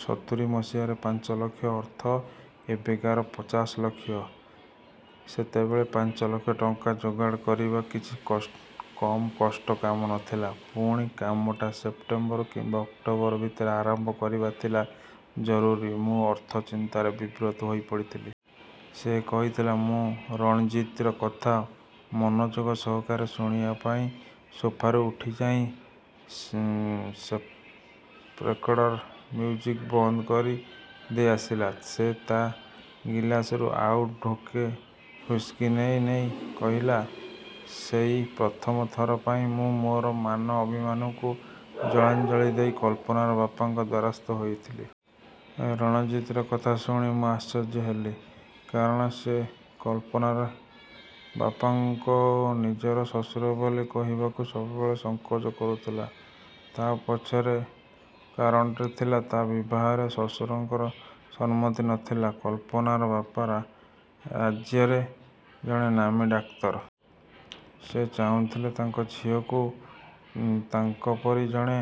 ସତୁରି ମସିହାରେ ପାଞ୍ଚ ଲକ୍ଷ ଅର୍ଥ ଏବେକାର ପଚାଶ ଲକ୍ଷ! ସେତେବେଳେ ପାଞ୍ଚ ଲକ୍ଷ ଟଙ୍କା ଯୋଗାଡ଼ କରିବା କିଛି କମ୍ କଷ୍ଟ କାମ ନଥିଲା। ପୁଣି କାମଟା ସେପ୍ଟେମ୍ବର କିମ୍ବା ଅକ୍ଟୋବର ଭିତରେ ଆରମ୍ଭ କରିବା ଥିଲା ଜରୁରୀ। ମୁଁ ଅର୍ଥ ଚିନ୍ତାରେ ବିବ୍ରତ ହୋଇ ପଡ଼ିଥିଲି। ସେ କହିଥିଲା। ମୁଁ ରଣଜିତ୍‌ର କଥା ମନଯୋଗ ସହକାରେ ଶୁଣିବା ପାଇଁ ସୋଫାରୁ ଉଠିଯାଇ ସେପ୍‌ରେକର୍ଡରର ମ୍ୟୁଜିକ୍ ବନ୍ଦ କରି ଦେଇ ଆସିଲା। ସେ ତା' ଗିଲାସରୁ ଆଉ ଢୋକେ ହ୍ୱିସ୍କି ନେଇ ନେଇ କହିଲା, 'ସେଇ ପ୍ରଥମ ଥର ପାଇଁ ମୁଁ ମୋର ମାନ ଅଭିମାନକୁ ଜଳାଞ୍ଜଳି ଦେଇ କଳ୍ପନାର ବାପାଙ୍କ ଦ୍ୱାରସ୍ଥ ହୋଇଥିଲି।' ରଣଜିତ୍‌ର କଥା ଶୁଣି ମୁଁ ଆଶ୍ଚର୍ଯ୍ୟ ହେଲି। କାରଣ ସେ କଳ୍ପନାର ବାପାଙ୍କୁ ନିଜର ଶ୍ୱଶୁର ବୋଲି କହିବାକୁ ସବୁବେଳେ ସଙ୍କୋଚ କରୁଥିଲା। ତା' ପଛରେ କାରଣଟେ ଥିଲା। ତା' ବିବାହରେ ଶ୍ୱଶୁରଙ୍କର ସମ୍ମତି ନ ଥିଲା। କଳ୍ପନାର ବାପା ରାଜ୍ୟର ଜଣେ ନାମୀ ଡାକ୍ତର। ସେ ଚାହୁଁଥିଲେ ତାଙ୍କ ଝିଅକୁ ତାଙ୍କ ପରି ଜଣେ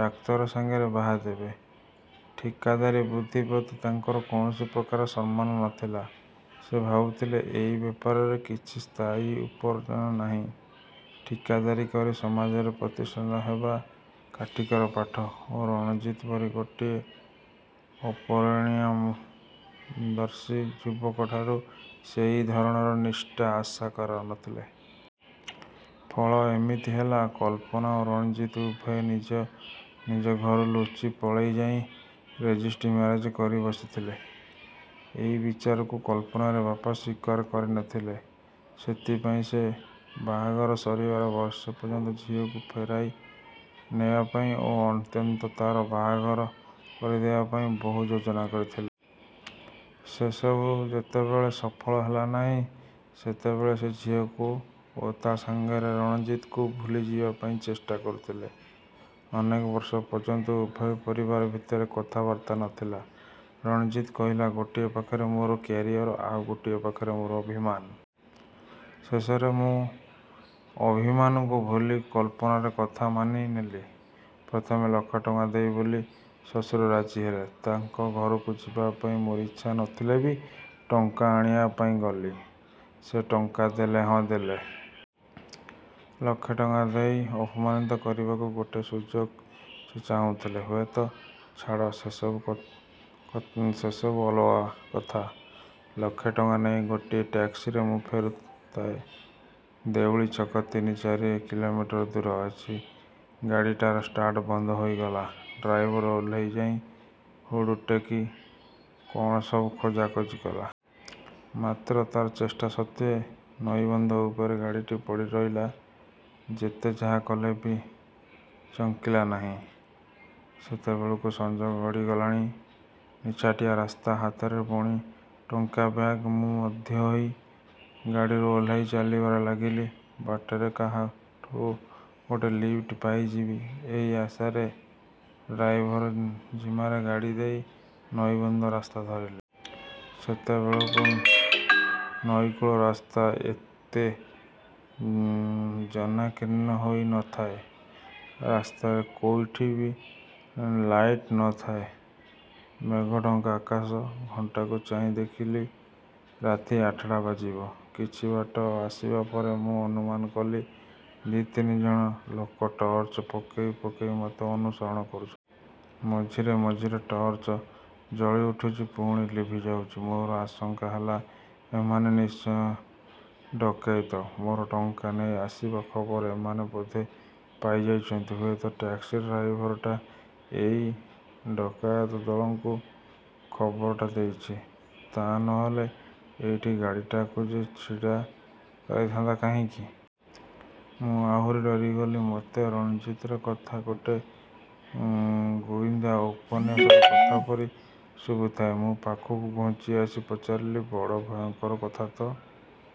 ଡାକ୍ତର ସାଙ୍ଗରେ ବାହା ଦେବେ। ଠିକାଦାରୀ ବୃତ୍ତି ପ୍ରତି ତାଙ୍କର କୌଣସି ପ୍ରକାର ସମ୍ମାନ ନ ଥିଲା। ସେ ଭାବୁଥିଲେ, ଏଇ ବେପାରରେ କିଛି ସ୍ଥାୟୀ ଉପାର୍ଜନ ନାହିଁ। ଠିକାଦାରୀ କରି ସମାଜରେ ପ୍ରତିଷ୍ଠିତ ହେବା କାଠିକର ପାଠ ଓ ରଣଜିତ୍ ପରି ଗୋଟେ ଅପରିଣାମଦର୍ଶୀ ଯୁବକ ଠାରୁ ସେ ସେହି ଧରଣର ନିଷ୍ଠା ଆଶା କରୁ ନଥିଲେ। ଫଳ ଏମିତି ହେଲା, କଳ୍ପନା ଓ ରଣଜିତ୍ ଉଭୟେ ନିଜ ନିଜ ଘରୁ ଲୁଚି ପଳେଇ ଯାଇ ରେଜିଷ୍ଟ୍ରି ମ୍ୟାରେଜ୍ କରି ବସିଥିଲେ। ଏହି ବିଚାରକୁ କଳ୍ପନାର ବାପା ସ୍ୱୀକାର କରି ନ ଥିଲେ। ସେଥିପାଇଁ ସେ ବାହାଘର ସରିବାର ବର୍ଷେ ପର୍ଯ୍ୟନ୍ତ ଝିଅକୁ ଫେରାଇ ନେବା ପାଇଁ ଓ ଅନ୍ୟତ୍ର ତା'ର ବାହାଘର କରିଦେବା ପାଇଁ ବହୁ ଯୋଜନା କରିଥିଲେ। ସେସବୁ ଯେତେବେଳେ ସଫଳ ହେଲା ନାହିଁ, ସେତେବେଳେ ସେ ଝିଅକୁ ଓ ତା' ସାଙ୍ଗରେ ରଣଜିତ୍‌କୁ ଭୁଲିଯିବା ପାଇଁ ଚେଷ୍ଟା କରିଥିଲେ। ଅନେକ ବର୍ଷ ପର୍ଯ୍ୟନ୍ତ ଉଭୟ ପରିବାର ଭିତରେ କଥାବାର୍ତ୍ତା ନଥିଲା। ରଣଜିତ୍ କହିଲା, "ଗୋଟେ ପାଖରେ ମୋର କ୍ୟାରିୟର୍ ଓ ଆଉ ଗୋଟିଏ ପାଖରେ ମୋର ଅଭିମାନ। ଶେଷରେ ମୁଁ ଅଭିମାନକୁ ଭୁଲି କଳ୍ପନାର କଥା ମାନି ନେଲି। ପ୍ରଥମେ ଲକ୍ଷେ ଟଙ୍କା ଦେବେ ବୋଲି ଶ୍ୱଶୁର ରାଜି ହେଲେ। ତାଙ୍କ ଘରକୁ ଯିବା ପାଇଁ ମୋର ଇଚ୍ଛା ନ ଥିଲେ ବି ଟଙ୍କା ଆଣିବା ପାଇଁ ଗଲି।" ସେ ଟଙ୍କା ଦେଲେ? ହଁ, ଦେଲେ। ଲକ୍ଷେ ଟଙ୍କା ଦେଇ ଅପମାନିତ କରିବାକୁ ଗୋଟେ ସୁଯୋଗ ସେ ଚାହୁଁଥିଲେ ହୁଏତ। ଛାଡ଼, ସେସବୁ ଅଲଗା କଥା। ଲକ୍ଷେ ଟଙ୍କା ନେଇ ଗୋଟେ ଟ୍ୟାକ୍ସିରେ ମୁଁ ଫେରୁଥାଏ। ଦେଉଳି ଛକ ତିନି ଚାରି କିଲୋମିଟର ଦୂର ଅଛି, ଗାଡ଼ିଟାର ଷ୍ଟାର୍ଟ ବନ୍ଦ ହୋଇଗଲା। ଡ୍ରାଇଭର ଓହ୍ଲେଇ ଯାଇ ହୁଡ୍ ଟେକି କ'ଣ ସବୁ ଖୋଜାଖୋଜି କଲା। ମାତ୍ର ତା'ର ଚେଷ୍ଟା ସତ୍ତ୍ୱେ ନଈବନ୍ଧ ଉପରେ ଗାଡ଼ିଟା ପଡ଼ି ରହିଲା, ଯେତେ ଯାହା କଲେ ବି ଚଙ୍କିଲା ନାହିଁ। ସେତେବେଳକୁ ସଞ୍ଜ ଗଡ଼ିଗଲାଣି। ନିଛାଟିଆ ରାସ୍ତା। ହାତରେ ପୁଣି ଟଙ୍କା ବ୍ୟାଗ୍। ମୁଁ ବାଧ୍ୟ ହୋଇ ଗାଡ଼ିରୁ ଓହ୍ଲେଇ ଚାଲିବାରେ ଲାଗିଲି। ବାଟରେ କାହାଠୁ ଗୋଟେ ଲିଫ୍ଟ ପାଇଯିବି, ଏଇ ଆଶାରେ ଡ୍ରାଇଭର ଜିମାରେ ଗାଡ଼ି ଦେଇ ନଈବନ୍ଧ ରାସ୍ତା ଧରିଲି। ସେତେବେଳକୁ ନଈକୂଳ ରାସ୍ତା ଏତେ ଜନାକୀର୍ଣ୍ଣ ହୋଇ ନ ଥାଏ। ରାସ୍ତାରେ କୋଉଠି ବି ଲାଇଟ୍ ନ ଥାଏ। ମେଘଢ଼ଙ୍କା ଆକାଶ। ଘଣ୍ଟାକୁ ଚାହିଁ ଦେଖିଲି, ରାତି ଆଠଟା ବାଜିବ। କିଛି ବାଟ ଆସିବା ପରେ ମୁଁ ଅନୁମାନ କଲି ଦି' ତିନିଜଣ ଲୋକ ଟର୍ଚ୍ଚ ପକେଇ ପକେଇ ମୋତେ ଅନୁସରଣ କରୁଛନ୍ତି। ମଝିରେ ମଝିରେ ଟର୍ଚ୍ଚ ଜଳି ଉଠୁଛି, ପୁଣି ଲିଭି ଯାଉଛି। ମୋର ଆଶଙ୍କା ହେଲା ଏମାନେ ନିଶ୍ଚୟ ଡକେଇତ। ମୋର ଟଙ୍କା ନେଇ ଆସିବା ଖବର ଏମାନେ ବୋଧେ ପାଇ ଯାଇଛନ୍ତି। ହୁଏତ ଟ୍ୟାକ୍ସି ଡ୍ରାଇଭରଟା ଏଇ ଡକାୟତ ଦଳକୁ ଖବରଟା ଦେଇଛି। ତାହା ନ ହେଲେ ଏଇଠି ଗାଡ଼ିଟାକୁ ସେ ଛିଡ଼ା କରାଇଥାନ୍ତା କାହିଁକି? ମୁଁ ଆହୁରି ଡରିଗଲି। ମୋତେ ରଣଜିତ୍‌ର କଥା ଗୋଟେ ଗୁଇନ୍ଦା ଉପନ୍ୟାସର କଥା ପରି ଶୁଭୁଥାଏ। ମୁଁ ପାଖକୁ ଘୁଞ୍ଚି ଆସି ପଚାରିଲି, "ବଡ଼ ଭୟଙ୍କର କଥା ତ!"